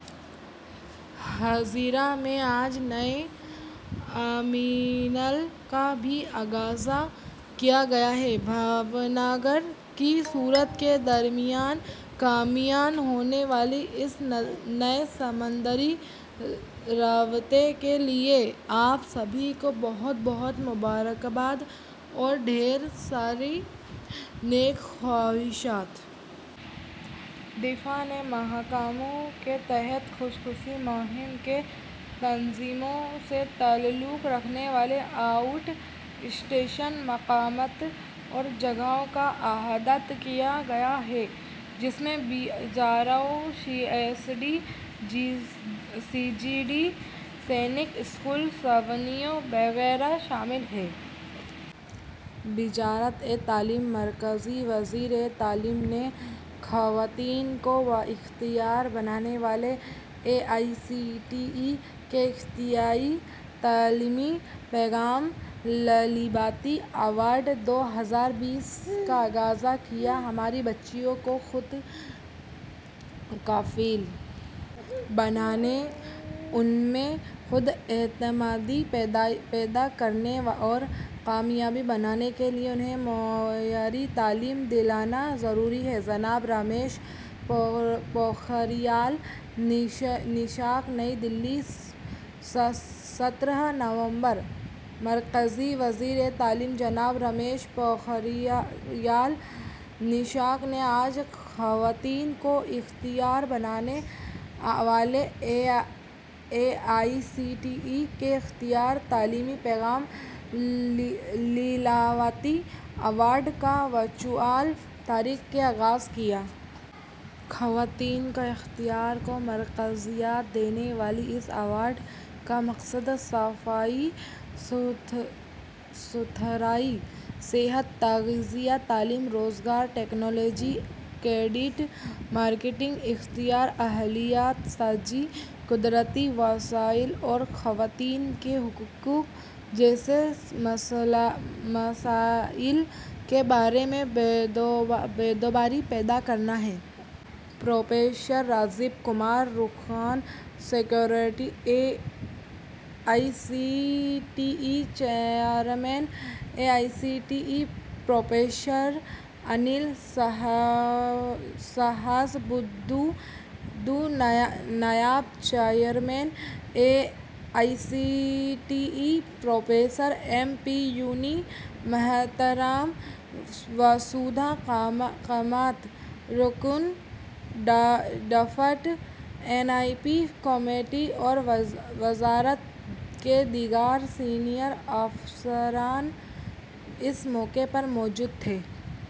ہزیرا میں آج نئے ٹرمینل کا بھی آغاز کیا گیا ہے۔ بھاؤنگر اور سورت کے درمیان قائم ہونے والے اس نئے سمندری رابطے کے لیے آپ سبھی کو بہت بہت مبارکباد اور ڈھیر ساری نیک خواہشات! دفاع کے محکمہ کے تحت خصوصی مہم میں تنظیموں سے تعلق رکھنے والے آؤٹ اسٹیشن مقامات اور جگہوں کا احاطہ کیا گیا ہے، جس میں B R O, C S D, C G D A, Sainik school, چھاؤنیاں وغیرہ شامل ہیں۔ وزارتِ تعلیم مرکزی وزیر تعلیم نے خواتین کو بااختیار بنانے والے اے آئی سی ٹی ای کے اختراعی تعلیمی پروگرام لیلاوتی ایوارڈ دو ہزار بیس کا آغاز کیا ہماری بچیوں کو خود کفیل بنانے، ان میں خود اعتمادی پیدا کرنے اور کامیاب بنانے کے لیے انہیں معیاری تعلیم دلانا ضروری ہے: جناب رمیش پوکھریال ’نشنک‘ نئی دہلی، سترہ نومبر: مرکزی وزیر تعلیم جناب رمیش پوکھریال ’نشنک‘ نے آج خواتین کو بااختیار بنانے والے اے آئی سی ٹی ای کے اختراعی تعلیمی پروگرام لیلاوتی ایوارڈ کا ورچوئل طریقے سے آغاز کیا۔ خواتین کی اختیارکاری کو مرکزیت دینے والے اس ایوارڈ کا مقصد صفائی ستھرائی، صحت، تغذیہ، تعلیم، روزگار، ٹیکنالوجی، کریڈٹ، مارکیٹنگ، اختراع، اہلیت سازی، قدرتی وسائل اور خواتین کے حقوق جیسے مسائل کے بارے میں بیداری پیدا کرنا ہے۔ پروفیسر راجیو کمار، رکن secretary, A I C T E; chairman, A I C T E professor Anil Sahasrabudhe; نائب chairman, A I C T E, professor M P Poonia; محترمہ واسودھا کمتھ، رکن، draft N E P committee اور وزارت کے دیگر سینئر افسران اس موقع پر موجود تھے۔